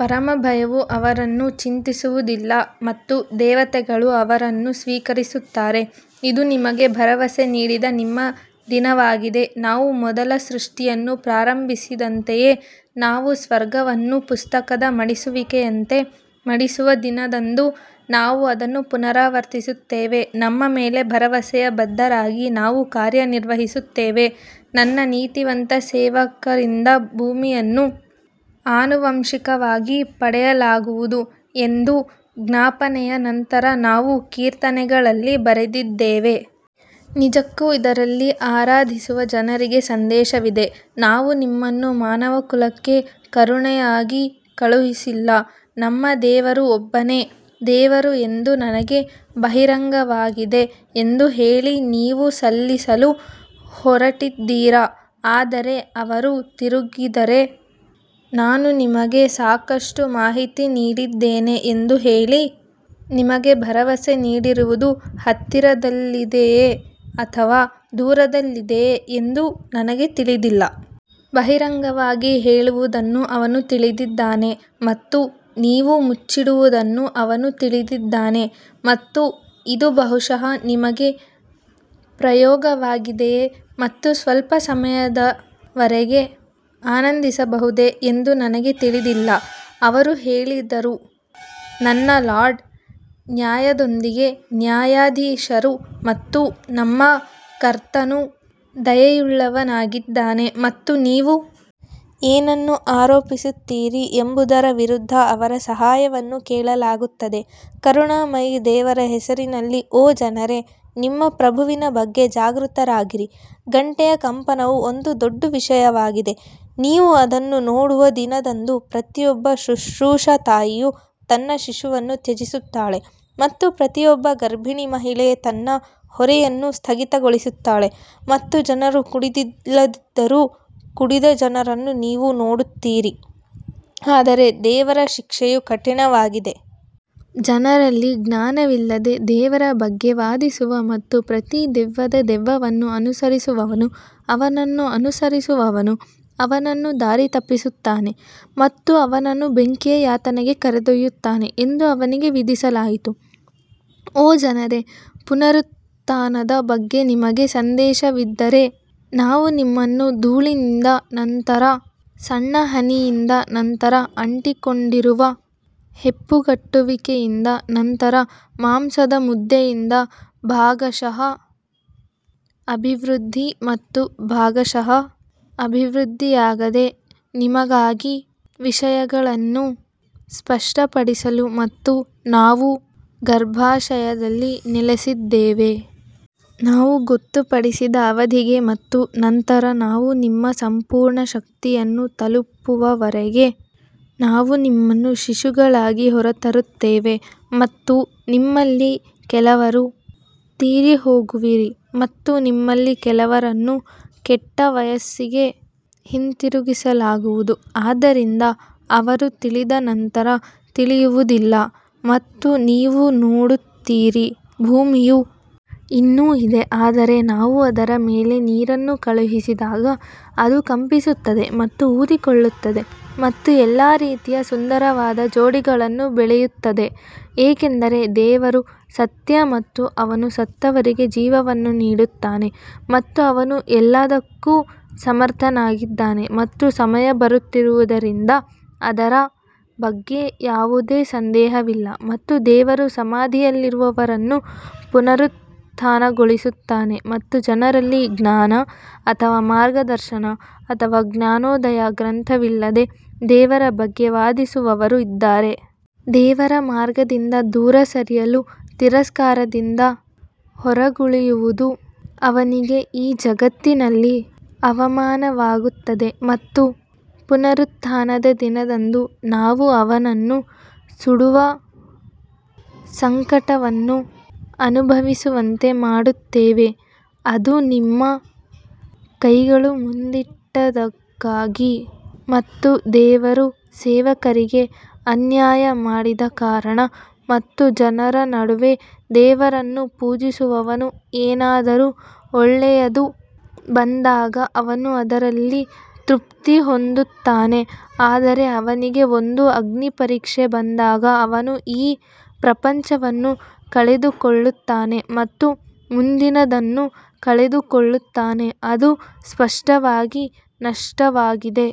ಪರಮ ಭಯವು ಅವರನ್ನು ಚಿಂತಿಸುವುದಿಲ್ಲ ಮತ್ತು ದೇವತೆಗಳು ಅವರನ್ನು ಸ್ವೀಕರಿಸುತ್ತಾರೆ ಇದು ನಿಮಗೆ ಭರವಸೆ ನೀಡಿದ ನಿಮ್ಮ ದಿನವಾಗಿದೆ ನಾವು ಮೊದಲ ಸೃಷ್ಟಿಯನ್ನು ಪ್ರಾರಂಭಿಸಿದಂತೆಯೇ ನಾವು ಸ್ವರ್ಗವನ್ನು ಪುಸ್ತಕದ ಮಡಿಸುವಿಕೆಯಂತೆ ಮಡಿಸುವ ದಿನದಂದು ನಾವು ಅದನ್ನು ಪುನರಾವರ್ತಿಸುತ್ತೇವೆ ನಮ್ಮ ಮೇಲೆ ಭರವಸೆಯ ಬದ್ಧರಾಗಿ ನಾವು ಕಾರ್ಯನಿರ್ವಹಿಸುತ್ತೇವೆ ನನ್ನ ನೀತಿವಂತ ಸೇವಕರಿಂದ ಭೂಮಿಯನ್ನು ಆನುವಂಶಿಕವಾಗಿ ಪಡೆಯಲಾಗುವುದು ಎಂದು ಜ್ಞಾಪನೆಯ ನಂತರ ನಾವು ಕೀರ್ತನೆಗಳಲ್ಲಿ ಬರೆದಿದ್ದೇವೆ. ನಿಜಕ್ಕೂ ಇದರಲ್ಲಿ ಆರಾಧಿಸುವ ಜನರಿಗೆ ಸಂದೇಶವಿದೆ ನಾವು ನಿಮ್ಮನ್ನು ಮಾನವಕುಲಕ್ಕೆ ಕರುಣೆಯಾಗಿ ಕಳುಹಿಸಿಲ್ಲ ನಿಮ್ಮ ದೇವರು ಒಬ್ಬನೇ ದೇವರು ಎಂದು ನನಗೆ ಬಹಿರಂಗವಾಗಿದೆ ಎಂದು ಹೇಳಿ ನೀವು ಸಲ್ಲಿಸಲು ಹೊರಟಿದ್ದೀರಾ ಆದರೆ ಅವರು ತಿರುಗಿದರೆ, ನಾನು ನಿಮಗೆ ಸಾಕಷ್ಟು ಮಾಹಿತಿ ನೀಡಿದ್ದೇನೆ ಎಂದು ಹೇಳಿ, ನಿಮಗೆ ಭರವಸೆ ನೀಡಿರುವುದು ಹತ್ತಿರದಲ್ಲಿದೆಯೇ ಅಥವಾ ದೂರದಲ್ಲಿದೆಯೇ ಎಂದು ನನಗೆ ತಿಳಿದಿಲ್ಲ. ಬಹಿರಂಗವಾಗಿ ಹೇಳುವುದನ್ನು ಅವನು ತಿಳಿದಿದ್ದಾನೆ ಮತ್ತು ನೀವು ಮುಚ್ಚಿಡುವುದನ್ನು ಅವನು ತಿಳಿದಿದ್ದಾನೆ ಮತ್ತು ಇದು ಬಹುಶಃ ನಿಮಗೆ ಪ್ರಯೋಗವಾಗಿದೆಯೇ ಮತ್ತು ಸ್ವಲ್ಪ ಸಮಯದವರೆಗೆ ಆನಂದಿಸಬಹುದೇ ಎಂದು ನನಗೆ ತಿಳಿದಿಲ್ಲ ಅವರು ಹೇಳಿದರು ನನ್ನ ಲಾರ್ಡ್ ನ್ಯಾಯದೊಂದಿಗೆ ನ್ಯಾಯಾಧೀಶರು ಮತ್ತು ನಮ್ಮ ಕರ್ತನು ದಯೆಯುಳ್ಳವನಾಗಿದ್ದಾನೆ ಮತ್ತು ನೀವು ಏನನ್ನು ಆರೋಪಿಸುತ್ತೀರಿ ಎಂಬುದರ ವಿರುದ್ಧ ಅವರ ಸಹಾಯವನ್ನು ಕೇಳಲಾಗುತ್ತದೆ ಕರುಣಾಮಯಿ ದೇವರ ಹೆಸರಿನಲ್ಲಿ ಓ ಜನರೇ ನಿಮ್ಮ ಪ್ರಭುವಿನ ಬಗ್ಗೆ ಜಾಗೃತರಾಗಿರಿ ಗಂಟೆಯ ಕಂಪನವು ಒಂದು ದೊಡ್ಡ ವಿಷಯವಾಗಿದೆ ನೀವು ಅದನ್ನು ನೋಡುವ ದಿನದಂದು ಪ್ರತಿಯೊಬ್ಬ ಶುಶ್ರೂಷಾ ತಾಯಿಯು ತನ್ನ ಶಿಶುವನ್ನು ತ್ಯಜಿಸುತ್ತಾಳೆ ಮತ್ತು ಪ್ರತಿಯೊಬ್ಬ ಗರ್ಭಿಣಿ ಮಹಿಳೆ ತನ್ನ ಹೊರೆಯನ್ನು ಸ್ಥಗಿತಗೊಳಿಸುತ್ತಾಳೆ ಮತ್ತು ಜನರು ಕುಡಿದಿಲ್ಲದಿದ್ದರೂ ಕುಡಿದ ಜನರನ್ನು ನೀವು ನೋಡುತ್ತೀರಿ ಆದರೆ ದೇವರ ಶಿಕ್ಷೆಯು ಕಠಿಣವಾಗಿದೆ. ಜನರಲ್ಲಿ ಜ್ಞಾನವಿಲ್ಲದೆ ದೇವರ ಬಗ್ಗೆ ವಾದಿಸುವ ಮತ್ತು ಪ್ರತಿ ದೆವ್ವದ ದೆವ್ವವನ್ನು ಅನುಸರಿಸುವವನು ಅವನನ್ನು ಅನುಸರಿಸುವವನು ಅವನನ್ನು ದಾರಿ ತಪ್ಪಿಸುತ್ತಾನೆ ಮತ್ತು ಅವನನ್ನು ಬೆಂಕಿಯ ಯಾತನೆಗೆ ಕರೆದೊಯ್ಯುತ್ತಾನೆ ಎಂದು ಅವನಿಗೆ ವಿಧಿಸಲಾಯಿತು. ಓ ಜನರೇ, ಪುನರುತ್ಥಾನದ ಬಗ್ಗೆ ನಿಮಗೆ ಸಂದೇಹವಿದ್ದರೆ ನಾವು ನಿಮ್ಮನ್ನು ಧೂಳಿನಿಂದ ನಂತರ ಸಣ್ಣ ಹನಿಯಿಂದ ನಂತರ ಅಂಟಿಕೊಂಡಿರುವ ಹೆಪ್ಪುಗಟ್ಟುವಿಕೆಯಿಂದ ನಂತರ ಮಾಂಸದ ಮುದ್ದೆಯಿಂದ ಭಾಗಶಃ ಅಭಿವೃದ್ಧಿ ಮತ್ತು ಭಾಗಶಃ ಅಭಿವೃದ್ಧಿಯಾಗದೆ ನಿಮಗಾಗಿ ವಿಷಯಗಳನ್ನು ಸ್ಪಷ್ಟಪಡಿಸಲು ಮತ್ತು ನಾವು ಗರ್ಭಾಶಯದಲ್ಲಿ ನೆಲೆಸಿದ್ದೇವೆ. ನಾವು ಗೊತ್ತುಪಡಿಸಿದ ಅವಧಿಗೆ ಮತ್ತು ನಂತರ ನಾವು ನಿಮ್ಮ ಸಂಪೂರ್ಣ ಶಕ್ತಿಯನ್ನು ತಲುಪುವವರೆಗೆ ನಾವು ನಿಮ್ಮನ್ನು ಶಿಶುಗಳಾಗಿ ಹೊರತರುತ್ತೇವೆ ಮತ್ತು ನಿಮ್ಮಲ್ಲಿ ಕೆಲವರು ತೀರಿಹೋಗುವಿರಿ ಮತ್ತು ನಿಮ್ಮಲ್ಲಿ ಕೆಲವರನ್ನು ಕೆಟ್ಟ ವಯಸ್ಸಿಗೆ ಹಿಂತಿರುಗಿಸಲಾಗುವುದು ಆದ್ದರಿಂದ ಅವರು ತಿಳಿದ ನಂತರ ತಿಳಿಯುವುದಿಲ್ಲ ಮತ್ತು ನೀವು ನೋಡುತ್ತೀರಿ. ಭೂಮಿಯು ಇನ್ನೂ ಇದೆ ಆದರೆ ನಾವು ಅದರ ಮೇಲೆ ನೀರನ್ನು ಕಳುಹಿಸಿದಾಗ ಅದು ಕಂಪಿಸುತ್ತದೆ ಮತ್ತು ಊದಿಕೊಳ್ಳುತ್ತದೆ ಮತ್ತು ಎಲ್ಲಾ ರೀತಿಯ ಸುಂದರವಾದ ಜೋಡಿಗಳನ್ನು ಬೆಳೆಯುತ್ತದೆ ಏಕೆಂದರೆ ದೇವರು ಸತ್ಯ ಮತ್ತು ಅವನು ಸತ್ತವರಿಗೆ ಜೀವವನ್ನು ನೀಡುತ್ತಾನೆ ಮತ್ತು ಅವನು ಎಲ್ಲದಕ್ಕೂ ಸಮರ್ಥನಾಗಿದ್ದಾನೆ ಮತ್ತು ಸಮಯ ಬರುತ್ತಿರುವುದರಿಂದ ಅದರ ಬಗ್ಗೆ ಯಾವುದೇ ಸಂದೇಹವಿಲ್ಲ ಮತ್ತು ದೇವರು ಸಮಾಧಿಯಲ್ಲಿರುವವರನ್ನು ಪುನರುತ್ಥಾನಗೊಳಿಸುತ್ತಾನೆ ಮತ್ತು ಜನರಲ್ಲಿ ಜ್ಞಾನ ಅಥವಾ ಮಾರ್ಗದರ್ಶನ ಅಥವಾ ಜ್ಞಾನೋದಯ ಗ್ರಂಥವಿಲ್ಲದೆ ದೇವರ ಬಗ್ಗೆ ವಾದಿಸುವವರು ಇದ್ದಾರೆ. ದೇವರ ಮಾರ್ಗದಿಂದ ದೂರ ಸರಿಯಲು ತಿರಸ್ಕಾರದಿಂದ ಹೊರಗುಳಿಯುವುದು ಅವನಿಗೆ ಈ ಜಗತ್ತಿನಲ್ಲಿ ಅವಮಾನವಾಗುತ್ತದೆ ಮತ್ತು ಪುನರುತ್ಥಾನದ ದಿನದಂದು ನಾವು ಅವನನ್ನು ಸುಡುವ ಸಂಕಟವನ್ನು ಅನುಭವಿಸುವಂತೆ ಮಾಡುತ್ತೇವೆ. ಅದು ನಿಮ್ಮ ಕೈಗಳು ಮುಂದಿಟ್ಟದ್ದಕ್ಕಾಗಿ ಮತ್ತು ದೇವರು ಸೇವಕರಿಗೆ ಅನ್ಯಾಯ ಮಾಡದ ಕಾರಣ ಮತ್ತು ಜನರ ನಡುವೆ ದೇವರನ್ನು ಪೂಜಿಸುವವನು ಏನಾದರೂ ಒಳ್ಳೆಯದು ಬಂದಾಗ ಅವನು ಅದರಲ್ಲಿ ತೃಪ್ತಿ ಹೊಂದುತ್ತಾನೆ ಆದರೆ ಅವನಿಗೆ ಒಂದು ಅಗ್ನಿಪರೀಕ್ಷೆ ಬಂದಾಗ ಅವನು ಈ ಪ್ರಪಂಚವನ್ನು ಕಳೆದುಕೊಳ್ಳುತ್ತಾನೆ ಮತ್ತು ಮುಂದಿನದನ್ನು ಕಳೆದುಕೊಳ್ಳುತ್ತಾನೆ ಅದು ಸ್ಪಷ್ಟವಾದ ನಷ್ಟವಾಗಿದೆ.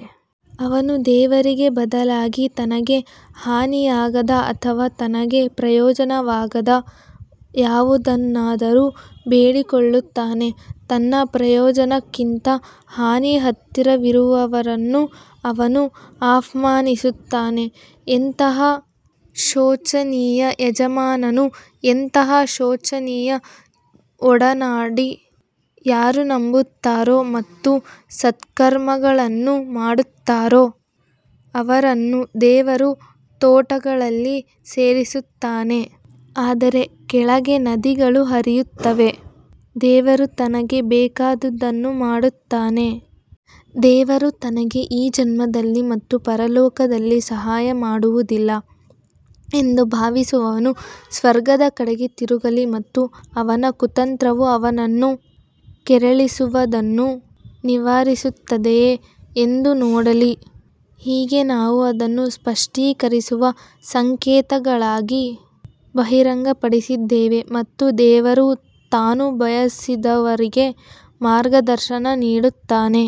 ಅವನು ದೇವರಿಗೆ ಬದಲಾಗಿ ತನಗೆ ಹಾನಿಯಾಗದ ಅಥವಾ ತನಗೆ ಪ್ರಯೋಜನವಾಗದ ಯಾವುದನ್ನಾದರೂ ಬೇಡಿಕೊಳ್ಳುತ್ತಾನೆ ತನ್ನ ಪ್ರಯೋಜನಕ್ಕಿಂತ ಹಾನಿ ಹತ್ತಿರವಿರುವವರನ್ನು ಅವನು ಆಹ್ವಾನಿಸುತ್ತಾನೆ, ಎಂತಹ ಶೋಚನೀಯ ಯಜಮಾನನು ಎಂತಹ ಶೋಚನೀಯ ಒಡನಾಡಿ ಯಾರು ನಂಬುತ್ತಾರೋ ಮತ್ತು ಸತ್ಕರ್ಮಗಳನ್ನು ಮಾಡುತ್ತಾರೋ ಅವರನ್ನು ದೇವರು ತೋಟಗಳಲ್ಲಿ ಸೇರಿಸುತ್ತಾನೆ, ಅದರ ಕೆಳಗೆ ನದಿಗಳು ಹರಿಯುತ್ತವೆ, ದೇವರು ತನಗೆ ಬೇಕಾದುದನ್ನು ಮಾಡುತ್ತಾನೆ. ದೇವರು ತನಗೆ ಈ ಜನ್ಮದಲ್ಲಿ ಮತ್ತು ಪರಲೋಕದಲ್ಲಿ ಸಹಾಯ ಮಾಡುವುದಿಲ್ಲ ಎಂದು ಭಾವಿಸುವವನು ಸ್ವರ್ಗದ ಕಡೆಗೆ ತಿರುಗಲಿ ಮತ್ತು ಅವನ ಕುತಂತ್ರವು ಅವನನ್ನು ಕೆರಳಿಸುವದನ್ನು ನಿವಾರಿಸುತ್ತದೆಯೇ ಎಂದು ನೋಡಲಿ. ಹೀಗೆ ನಾವು ಅದನ್ನು ಸ್ಪಷ್ಟೀಕರಿಸುವ ಸಂಕೇತಗಳಾಗಿ ಬಹಿರಂಗಪಡಿಸಿದ್ದೇವೆ ಮತ್ತು ದೇವರು ತಾನು ಬಯಸಿದವರಿಗೆ ಮಾರ್ಗದರ್ಶನ ನೀಡುತ್ತಾನೆ.